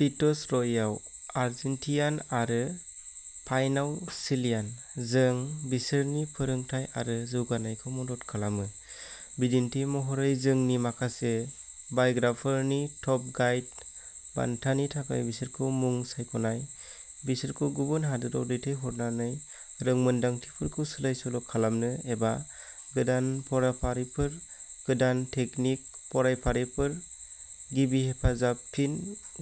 Fitz रयआव Argentinian आरो पाइनआव चिलियान। जों बिसोरनि फोरोंथाय आरो जौगानायखौ मदद खालामो, बिदिन्थि महरै, जोंनि माखासे बायग्राफोरनि टप गाइड बान्थानि थाखाय बिसोरखौ मुं सायख'नाय, बिसोरखौ गुबुन हादोराव दैथायहरनानै रोंमोनदांथिफोरखौ सोलाय सोल' खालामनो एबा गोदान फरायफारिफोर, गोदान तेकनिक फरायफारिफोर, गिबि हेफाजाब फिन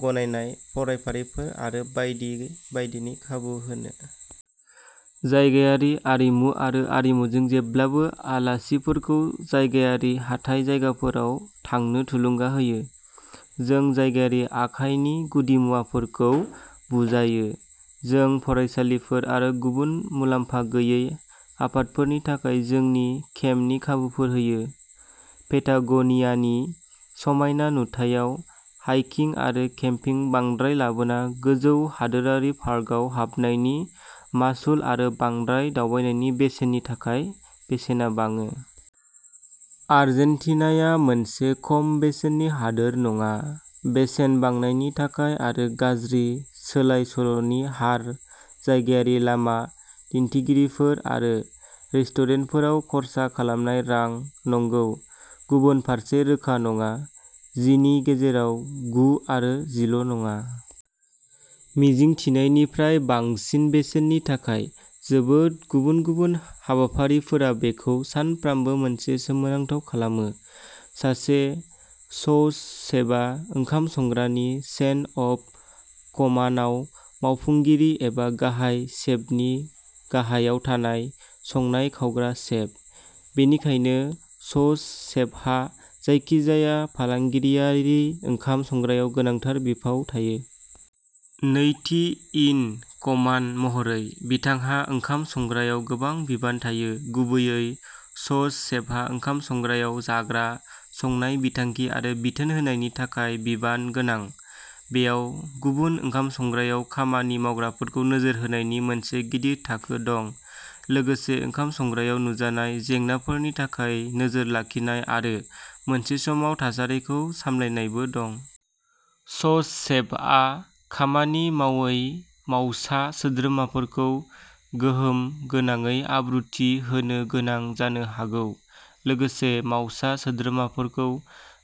गनायनाय फरायफारिफोर आरो बायदि बायदिनि खाबु होनो। जायगायारि आरिमु आरो हारिमुजों जेब्लाबो आलासिफोरखौ जायगायारि हाथाइ जायगाफोराव थांनो थुलुंगा होयो, जों जायगायारि आखाइनि गुदिमुवाफोरखौ बुजायो। जों फरायसालिफोर आरो गुबुन मुलाम्फा गैयै आफादफोरनि थाखाय जोंनि केम्पनि खाबुफोर होयो। पेटागोनियानि समायना नुथायाव हाइकिं आरो केम्पिं बांद्राय लाबोना गोजौ हादोरारि पार्कआव हाबनायनि मासुल आरो बांद्राय दावबायनायनि बेसेननि थाखाय बेसेना बाङो। आर्जेन्टिनाया मोनसे खम बेसेननि हादोर नङा, बेसेन बांनायनि थाखाय आरो गाज्रि सोलाय सोल'नि हार जायगायारि लामा दिन्थिगिरिफोर आरो रेस्टुरेन्टफोराव खर्सा खालामनाय रां, नंगौ। गुबुन फारसे रोखा नङा। जिनि गेजेराव गु आरो जिल' नङा। मिजिंथिनायनिफ्राय बांसिन बेसेननि थाखाय जोबोद गुबुन गुबुन हाबाफारिफोरा बेखौ सानफ्रोमबो मोनसे सोमोनांथाव खालामो। सासे सौस सेफआ ओंखाम संग्रानि चेन अफ कमान्डआव मावफुंगिरि एबा गाहाय सेफनि गाहायाव थानाय संनाय खावग्रा सेफ। बेनिखायनो, सौस शेफहा जायखिजाया फालांगियारि ओंखाम संग्रायाव गोनांथार बिफाव थायो। नैथि इन कमान्ड महरै, बिथांहा ओंखाम संग्रायाव गोबां बिबान थायो। गुबैयै, सौस शेफआ ओंखाम संग्रायाव जाग्रा संनाय बिथांखि आरो बिथोन होनायनि थाखाय बिबान गोनां। बेयाव गुबुन ओंखाम संग्रायाव खामानि मावग्राफोरखौ नोजोर होनायनि मोनसे गिदिर थाखो दं, लोगोसे ओंखाम संग्रायाव नुजानाय जेंनाफोरनि थाखाय नोजोर लाखिनाय आरो मोनसे समाव थासारिखौ सामलायनायबो दं। सौस शेफआ खामानि मावै मावसा सोद्रोमाफोरखौ गोहोम गोनाङै आब्रुथि होनो गोनां जानो हागौ, लोगोसे मावसा सोद्रोमाफोरखौ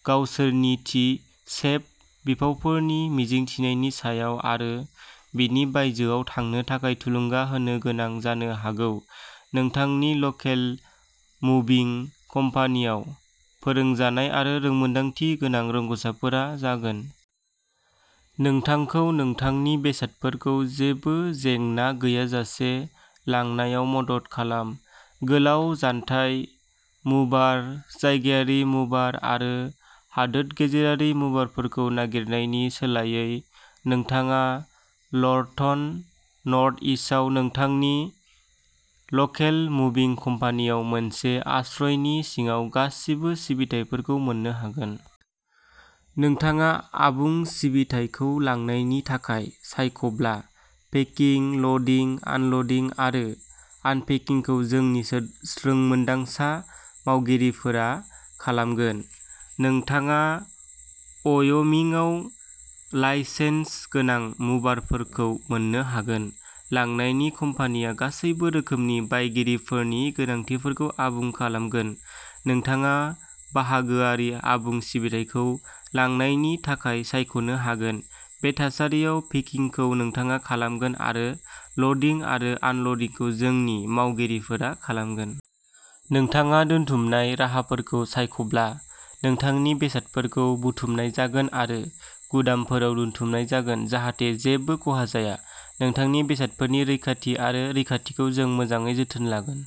गावसोरनिथि सेफ बिफावफोरनि मिजिंथिनायनि सायाव आरो बेनि बायजोआव थांनो थाखाय थुलुंगा होनो गोनां जानो हागौ। नोंथांनि लकेल मुभिं कम्पानीआव, फोरोंजानाय आरो रोंमोनदांथि गोनां रोंग'साफोरा जागोन। नोंथांखौ नोंथांनि बेसादफोरखौ जेबो जेंना गैयाजासे लांनायाव मदद खालाम। गोलाव जानथाय मुभार, जायगायारि मुभार आरो हादोर गेजेरारि मुभारफोरखौ नागिरनायनि सोलायै, नोंथाङा लर्टन, नर्थ इस्थआव नोंथांनि लकेल मुभिं कम्पानीआव मोनसे आश्रयनि सिङाव गासिबो सिबिथाइफोरखौ मोन्नो हागोन। नोंथाङा आबुं सिबिथाइखौ लांनायनि थाखाय सायख'ब्ला, पेकिं, ल'डिं, आनल'डिं आरो आनपेकिंखौ जोंनि रोंमोन्दांसा मावगिरिफोरा खालामगोन। नोंथाङा व'य'मिंआव लाइसेन्स गोनां मुभारफोरखौ मोन्नो हागोन। लांनायनि कम्पानिया गासैबो रोखोमनि बायगिरिफोरनि गोनांथिफोरखौ आबुं खालामगोन। नोंथाङा बाहागोआरि आबुं सिबिथाइखौ लांनायनि थाखाय सायख'नो हागोन, बे थासारियाव पेकिंखौ नोंथाङा खालामगोन आरो ल'डिं आरो आनल'डिंखौ जोंनि मावगिरिफोरा खालामगोन। नोंथाङा दोनथुमनाय राहाफोरखौ सायख'ब्ला, नोंथांनि बेसादफोरखौ बुथुमनाय जागोन आरो गुदामफोराव दोनथुमनाय जागोन जाहाथे जेबो खहा जाया। नोंथांनि बेसादफोरनि रैखाथि आरो रैखाथिखौ जों मोजाङै जोथोन लागोन।